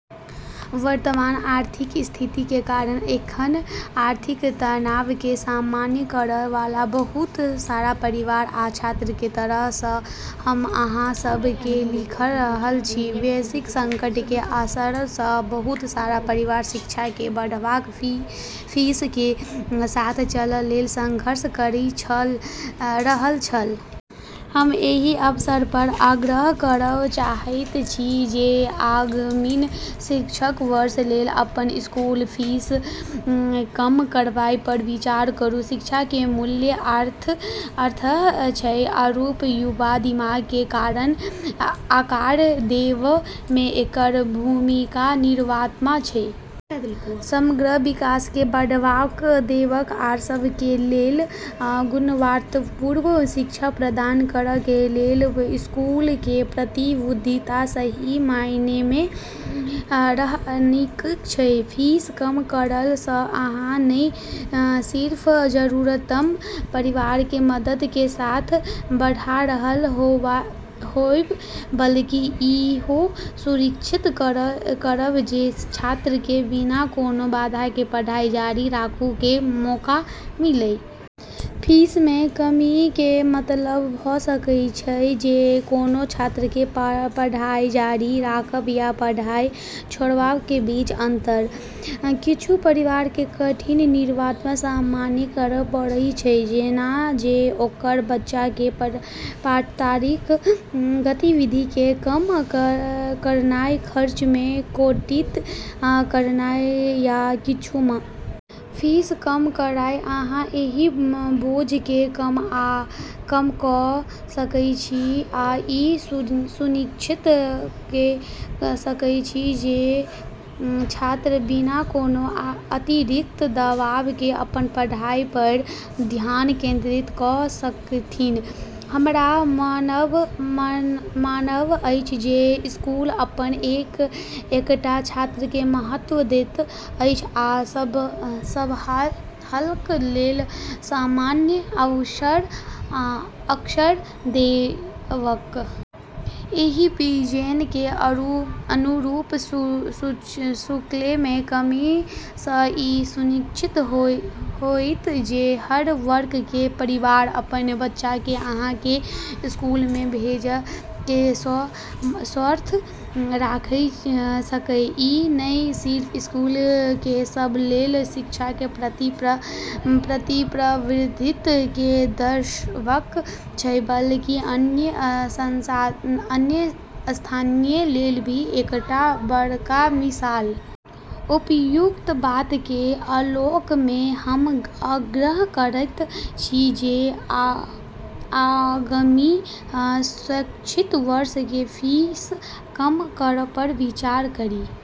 वर्तमान आर्थिक स्थिति के कारण एखन आर्थिक तनाव के सामना करय वाला बहुत रास परिवार आ छात्र के तरफ सँ हम अहाँ सब के लिखि रहल छी। वैश्विक संकट के असर सँ बहुत सारा परिवार शिक्षा के बढ़ैत फीस के साथ चलै लेल संघर्ष करि रहल छै। हम एहि अवसर पर आग्रह करय चाहैत छी जे आगामी शैक्षणिक वर्ष लेल अपन स्कूल फीस कम करय पर विचार करू। शिक्षा के मूल्य अथाह छै आरू युवा दिमाग के आकार देबय मे एकर भूमिका निर्विवाद छै। समग्र विकास के बढ़ावा देबय आ सब के लेल गुणवत्तापूर्ण शिक्षा प्रदान करय के लेल स्कूल के प्रतिबद्धता सही मायने मे सराहनीय छै। फीस कम करला सँ अहाँ न सिर्फ जरूरतमंद परिवार के मदद के हाथ बढ़ा रहल होएब बल्कि इहो सुनिश्चित करब जे छात्र के बिना कोनो बाधा के पढ़ाई जारी राखय के मौका मिलय। फीस मे कमी के मतलब भ सकैत अछि जे कोनो छात्र के पढ़ाई जारी राखय या पढ़ाई छोड़य के बीच अंतर। किछु परिवार के कठिन निर्णयक सामना करय पड़ैत छै, जेना जे ओकर बच्चा के पाठ्येतर गतिविधि के कम करनाय, खर्च मे कटौती करनाय या किछु मामला मे स्कूल बदलनाय। फीस कम कय अहाँ एहि बोझ के कम क सकैत छी आ इ सुनिश्चित क सकैत छी जे छात्र बिना कोनो अतिरिक्त दबाव के अपन पढ़ाई पर ध्यान केंद्रित क सकथि। हमर मानब अछि जे स्कूल अपन एक-एकटा छात्र के महत्व दैत अछि आ सबहक लेल समान अवसर देबाक लक्ष्य राखैत अछि। एहि विजन के अनुरूप शुल्क मे कमी सँ ई सुनिश्चित होएत जे हर वर्ग के परिवार अपन बच्चा के अहाँ के स्कूल मे भेजय के सामर्थ्य राखि सकय। ई न सिर्फ स्कूल के सब लेल शिक्षा के प्रति प्रतिबद्धता के दर्शाबै छै बल्कि अन्य संस्थान लेल भी एकटा बडका मिसाल पेश करै छै। उपरोक्त बात के आलोक मे हम आग्रह करैत छी जे आगामी शैक्षणिक वर्ष के फीस कम करय पर विचार करी।